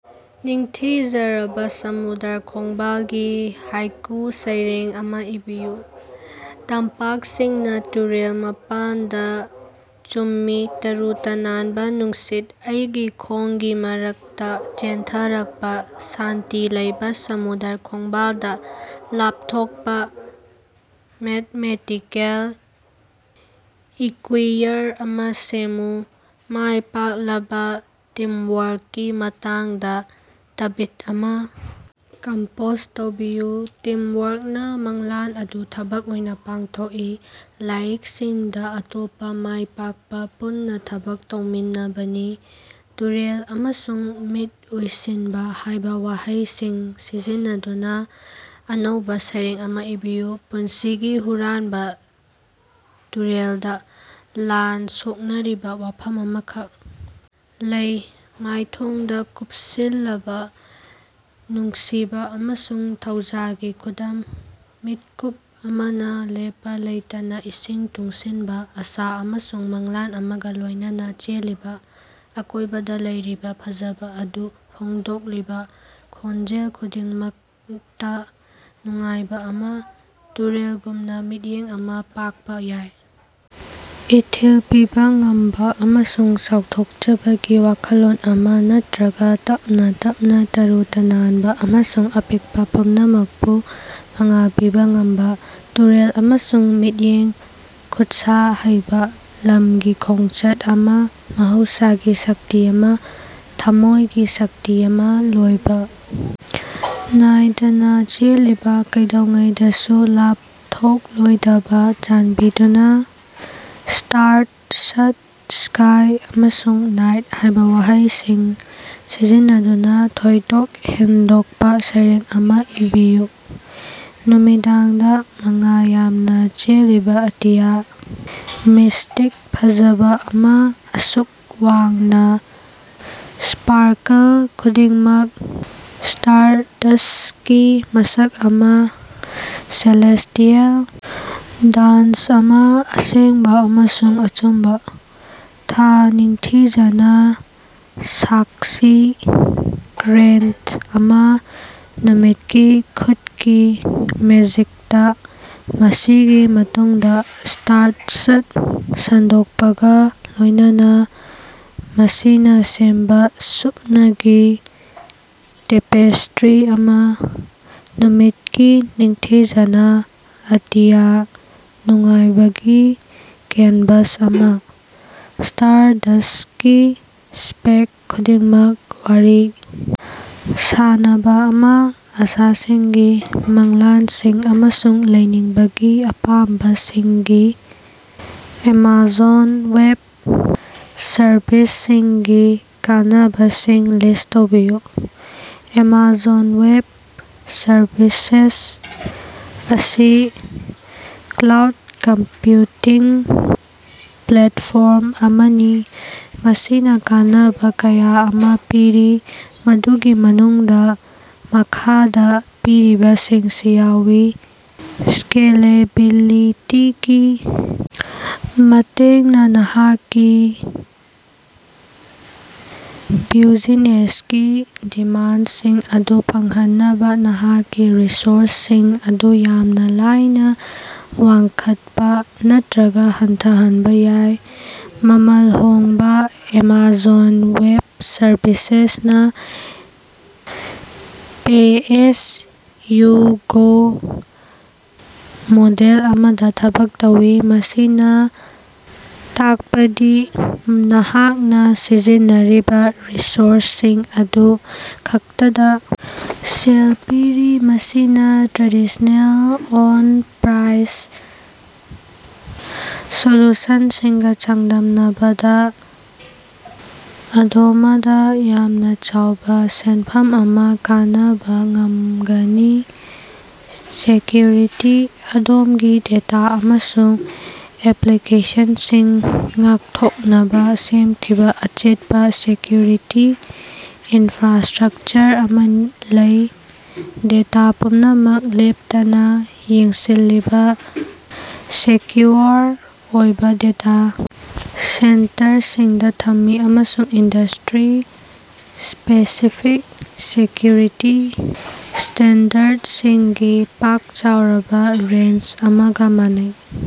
ꯅꯤꯡꯊꯤꯖꯔꯕ ꯁꯃꯨꯗ꯭ꯔ ꯈꯣꯡꯕꯥꯜꯒꯤ ꯍꯥꯏꯀꯨ ꯁꯩꯔꯦꯡ ꯑꯃ ꯏꯕꯤꯌꯨ꯫ ꯇꯝꯄꯥꯛꯁꯤꯡꯅ ꯇꯨꯔꯦꯜ ꯃꯄꯥꯟꯗ ꯆꯨꯝꯃꯤ ꯇꯔꯨ ꯇꯅꯥꯟꯕ ꯅꯨꯡꯁꯤꯠ, ꯑꯩꯒꯤ ꯈꯣꯡꯒꯤ ꯃꯔꯛꯇ ꯆꯦꯟꯊꯔꯛꯄ ꯁꯥꯟꯇꯤ ꯂꯩꯕ ꯁꯃꯨꯗ꯭ꯔ ꯈꯣꯡꯕꯥꯜꯗ ꯂꯥꯞꯊꯣꯛꯄ꯫ ꯃꯦꯊꯃꯦꯇꯤꯀꯦꯜ ꯏꯀ꯭ꯌꯨꯏꯌꯔ ꯑꯃ ꯁꯦꯝꯃꯨ꯫ ꯃꯥꯏ ꯄꯥꯛꯂꯕ ꯇꯤꯝꯋꯥꯔꯛꯀꯤ ꯃꯇꯥꯡꯗ ꯇ꯭ꯕꯤꯠ ꯑꯃ ꯀꯝꯄꯣꯖ ꯇꯧꯕꯤꯌꯨ꯫ ꯇꯤꯝꯋꯥꯔꯛꯅ ꯃꯪꯂꯥꯟ ꯑꯗꯨ ꯊꯕꯛ ꯑꯣꯏꯅ ꯄꯥꯡꯊꯣꯛꯏ꫰ ꯂꯥꯏꯔꯤꯛꯁꯤꯡꯗ ꯑꯇꯣꯞꯄ ꯃꯥꯏ ꯄꯥꯛꯄ ꯄꯨꯟꯅ ꯊꯕꯛ ꯇꯧꯃꯤꯟꯅꯕꯅꯤ꯫ "ꯇꯨꯔꯦꯜ" ꯑꯃꯁꯨꯡ "ꯃꯤꯠ ꯎꯏꯁꯤꯟꯕ" ꯍꯥꯏꯕ ꯋꯥꯍꯩꯁꯤꯡ ꯁꯤꯖꯤꯟꯅꯗꯨꯅ ꯑꯅꯧꯕ ꯁꯩꯔꯦꯡ ꯑꯃ ꯏꯕꯤꯌꯨ꯫ ꯄꯨꯟꯁꯤꯒꯤ ꯍꯨꯔꯥꯟꯕ ꯇꯨꯔꯦꯜꯗ, ꯂꯥꯟ ꯁꯣꯛꯅꯔꯤꯕ ꯋꯥꯐꯝ ꯑꯃꯈꯛ ꯂꯩ, ꯃꯥꯏꯊꯣꯡꯗ ꯀꯨꯞꯁꯤꯜꯂꯕ, ꯅꯨꯡꯁꯤꯕ ꯑꯃꯁꯨꯡ ꯊꯧꯖꯥꯜꯒꯤ ꯈꯨꯗꯝ꯫ ꯃꯤꯠꯀꯨꯞ ꯑꯃꯅ ꯂꯦꯞꯄ ꯂꯩꯇꯅ ꯏꯁꯤꯡ ꯇꯨꯡꯁꯤꯟꯕ, ꯑꯁꯥ ꯑꯃꯁꯨꯡ ꯃꯪꯂꯥꯟ ꯑꯃꯒ ꯂꯣꯏꯅꯅ ꯆꯦꯜꯂꯤꯕ, ꯑꯀꯣꯏꯕꯗ ꯂꯩꯔꯤꯕ ꯐꯖꯕ ꯑꯗꯨ ꯐꯣꯡꯗꯣꯛꯂꯤꯕ, ꯈꯣꯟꯖꯦꯜ ꯈꯨꯗꯤꯡꯃꯛꯇ ꯅꯨꯡꯉꯥꯏꯕ ꯑꯃ꯫ ꯇꯨꯔꯦꯜꯒꯨꯝꯅ, ꯃꯤꯠꯌꯦꯡ ꯑꯃ ꯄꯥꯛꯄ ꯌꯥꯏ, ꯏꯊꯤꯜ ꯄꯤꯕ ꯉꯝꯕ ꯑꯃꯁꯨꯡ ꯆꯥꯎꯊꯣꯛꯆꯕꯒꯤ ꯋꯥꯈꯜꯂꯣꯟ ꯑꯃ, ꯅꯠꯇ꯭ꯔꯒ ꯇꯞꯅ ꯇꯞꯅ, ꯇꯔꯨ ꯇꯅꯥꯟꯕ ꯑꯃꯁꯨꯡ ꯑꯄꯤꯛꯄ, ꯄꯨꯝꯅꯃꯛꯄꯨ ꯃꯉꯥꯜ ꯄꯤꯕ ꯉꯝꯕ꯫ ꯇꯨꯔꯦꯜ ꯑꯃꯁꯨꯡ ꯃꯤꯠꯌꯦꯡ, ꯈꯨꯠꯁ ꯍꯩꯕ, ꯂꯝꯒꯤ ꯈꯣꯡꯆꯠ ꯑꯃ, ꯃꯍꯧꯁꯥꯒꯤ ꯁꯛꯇꯤ ꯑꯃ, ꯊꯝꯃꯣꯏꯒꯤ ꯁꯛꯇꯤ ꯑꯃ, ꯂꯣꯏꯕ ꯅꯥꯏꯗꯅ ꯆꯦꯜꯂꯤꯕ, ꯀꯩꯗꯧꯉꯩꯗꯁꯨ ꯂꯥꯞꯊꯣꯛꯂꯣꯏꯗꯕ꯫ ꯆꯥꯟꯕꯤꯗꯨꯅ 'ꯁ꯭ꯇꯥꯔꯗꯁ꯭ꯠ', 'ꯁ꯭ꯀꯥꯏ', ꯑꯃꯁꯨꯡ 'ꯅꯥꯏꯠ' ꯍꯥꯏꯕ ꯋꯥꯍꯩꯁꯤꯡ ꯁꯤꯖꯤꯟꯅꯗꯨꯅ ꯊꯣꯏꯗꯣꯛ ꯍꯦꯟꯗꯣꯛꯄ ꯁꯩꯔꯦꯡ ꯑꯃ ꯏꯕꯤꯌꯨ꯫ ꯅꯨꯃꯤꯗꯥꯡꯗ, ꯃꯉꯥꯜ ꯌꯥꯝꯅ ꯆꯦꯜꯂꯤꯕ ꯑꯇꯤꯌ, ꯃꯤꯁꯇꯤꯛ ꯐꯖꯕ ꯑꯃ, ꯑꯁꯨꯛ ꯋꯥꯡꯅ꯫ ꯁ꯭ꯄꯥꯔꯀꯜ ꯈꯨꯗꯤꯡꯃꯛ ꯁ꯭ꯇꯥꯔꯗꯁ꯭ꯠꯀꯤ ꯃꯁꯛ ꯑꯃ, ꯁꯦꯂꯦꯁꯇꯤꯑꯦꯜ ꯗꯥꯟꯁ ꯑꯃ, ꯑꯁꯦꯡꯕ ꯑꯃꯁꯨꯡ ꯑꯆꯨꯝꯕ꯫ ꯊꯥ ꯅꯤꯡꯊꯤꯖꯅ, ꯁꯥꯛꯁꯤ ꯒ꯭ꯔꯦꯟꯗ ꯑꯃ, ꯅꯨꯃꯤꯠꯀꯤ ꯈꯨꯠꯀꯤ ꯃꯦꯖꯤꯛꯇ꯫ ꯃꯁꯤꯒꯤ ꯃꯇꯨꯡꯗ ꯁ꯭ꯇꯥꯔꯗꯁ꯭ꯠ ꯁꯟꯗꯣꯛꯄꯒ ꯂꯣꯏꯅꯅ, ꯃꯁꯤꯅ ꯁꯦꯝꯕ ꯁꯨꯞꯅꯒꯤ ꯇꯦꯄꯦꯁꯇ꯭ꯔꯤ ꯑꯃ꯫ ꯅꯨꯃꯤꯠꯀꯤ ꯅꯤꯡꯊꯤꯖꯅ, ꯑꯇꯤꯌꯥ, ꯅꯨꯡꯉꯥꯏꯕꯒꯤ ꯀꯦꯟꯚꯥꯁ ꯑꯃ꯫ ꯁ꯭ꯇꯥꯔꯗꯁ꯭ꯠꯀꯤ ꯁ꯭ꯄꯦꯛ ꯈꯨꯗꯤꯡꯃꯛ, ꯋꯥꯔꯤ ꯁꯥꯅꯕ ꯑꯃ, ꯑꯁꯥꯁꯤꯡꯒꯤ, ꯃꯪꯂꯥꯟꯁꯤꯡ ꯑꯃꯁꯨꯡ ꯂꯩꯅꯤꯡꯕꯒꯤ ꯑꯄꯥꯝꯕꯁꯤꯡꯒꯤ꯫ ꯑꯦꯃꯥꯖꯣꯟ ꯋꯦꯕ ꯁꯔꯚꯤꯁꯁꯤꯡꯒꯤ ꯀꯥꯟꯅꯕꯁꯤꯡ ꯂꯤꯁ ꯇꯧꯕꯤꯌꯨ꯫ ꯑꯦꯃꯥꯖꯣꯟ ꯋꯦꯕ ꯁꯔꯚꯤꯁꯦꯁ ꯑꯁꯤ ꯀ꯭ꯂꯥꯎꯗ ꯀꯝꯄ꯭ꯌꯨꯇꯤꯡ ꯄ꯭ꯂꯦꯠꯐꯣꯔꯝ ꯑꯃꯅꯤ ꯃꯁꯤꯅ ꯀꯥꯟꯅꯕ ꯀꯌꯥ ꯑꯃ ꯄꯤꯔꯤ, ꯃꯗꯨꯒꯤ ꯃꯅꯨꯡꯗ ꯃꯈꯥꯗ ꯄꯤꯔꯤꯕꯁꯤꯡꯁꯤ ꯌꯥꯎꯏ꯫ ꯁ꯭ꯀꯦꯂꯦꯕꯤꯂꯤꯇꯤ ꯒꯤ ꯃꯇꯦꯡꯅ, ꯅꯍꯥꯛꯀꯤ ꯕ꯭ꯌꯨꯖꯤꯅꯦꯁꯀꯤ ꯗꯤꯃꯥꯟꯁꯤꯡ ꯑꯗꯨ ꯐꯪꯍꯟꯅꯕ ꯅꯍꯥꯛꯀꯤ ꯔꯤꯁꯣꯔꯁꯁꯤꯡ ꯑꯗꯨ ꯌꯥꯝꯅ ꯂꯥꯏꯅ ꯋꯥꯡꯈꯠꯄ ꯅꯠꯇ꯭ꯔꯒ ꯍꯟꯊꯍꯟꯕ ꯌꯥꯏ꯫ ꯃꯃꯜ ꯍꯣꯡꯕ: ꯑꯦꯃꯥꯖꯣꯟ ꯋꯦꯕ ꯁꯔꯚꯤꯁꯦꯁ ꯅ ꯄꯦ-ꯑꯦꯖ-ꯌꯨ-ꯒꯣ ꯃꯣꯗꯦꯜ ꯑꯃꯗꯥ ꯊꯕꯛ ꯇꯧꯏ, ꯃꯁꯤꯅꯥ ꯇꯥꯀꯄꯗꯤ ꯅꯍꯥꯛꯅꯥ ꯁꯤꯖꯤꯟꯅꯔꯤꯕꯥ ꯔꯤꯁꯣꯔꯁꯁꯤꯡ ꯑꯗꯨ ꯈꯛꯇꯗꯥ ꯁꯦꯜ ꯄꯤꯔꯤ꯫ ꯃꯁꯤꯅꯥ ꯇ꯭ꯔꯦꯗꯤꯁ꯭ꯅꯦꯜ ꯑꯣꯟ-ꯄ꯭ꯔꯥꯏꯁ ꯁꯣꯂꯨꯁꯅꯁꯤꯡꯒꯥ ꯆꯥꯡꯗꯝꯅꯕꯗꯥ ꯑꯗꯣꯃꯗꯥ ꯌꯥꯝꯅꯥ ꯆꯥꯎꯕꯥ ꯁꯦꯅꯐꯝ ꯑꯃꯥ ꯀꯅꯕꯥ ꯉꯃꯒꯅꯤ꯫ ꯁꯦꯀ꯭ꯌꯨꯔꯤꯇꯤ: ꯑꯗꯣꯝꯒꯤ ꯗꯦꯇꯥ ꯑꯃꯁꯨꯡ ꯑꯦꯄ꯭ꯂꯤꯀꯦꯁꯟꯁꯤꯡ ꯉꯥꯛꯊꯣꯛꯅꯕ ꯁꯦꯝꯈꯤꯕ ꯑꯆꯦꯠꯄ ꯁꯦꯀ꯭ꯌꯨꯔꯤꯇꯤ ꯏꯟꯐ꯭ꯔꯥꯁ꯭ꯇꯔꯛꯆꯔ ꯑꯃ ꯂꯩ꯫ ꯗꯦꯇꯥ ꯄꯨꯝꯅꯃꯛ ꯂꯦꯞꯇꯅ ꯌꯦꯡꯁꯤꯜꯂꯤꯕ ꯁꯦꯀ꯭ꯌꯨꯑꯣꯔ ꯑꯣꯏꯕ ꯗꯦꯇꯥ ꯁꯦꯟꯇꯔꯁꯤꯡꯗ ꯊꯝꯃꯤ, ꯑꯃꯁꯨꯡ ꯏꯟꯗꯁꯇ꯭ꯔꯤ-ꯁ꯭ꯄꯦꯁꯤꯐꯤꯛ ꯁꯦꯀ꯭ꯌꯨꯔꯤꯇꯤ ꯁ꯭ꯇꯦꯟꯗꯔꯗꯁꯤꯡꯒꯤ ꯄꯥꯛ-ꯆꯥꯎꯔꯕ ꯔꯦꯟꯖ ꯑꯃꯒ ꯃꯥꯟꯅꯩ꯫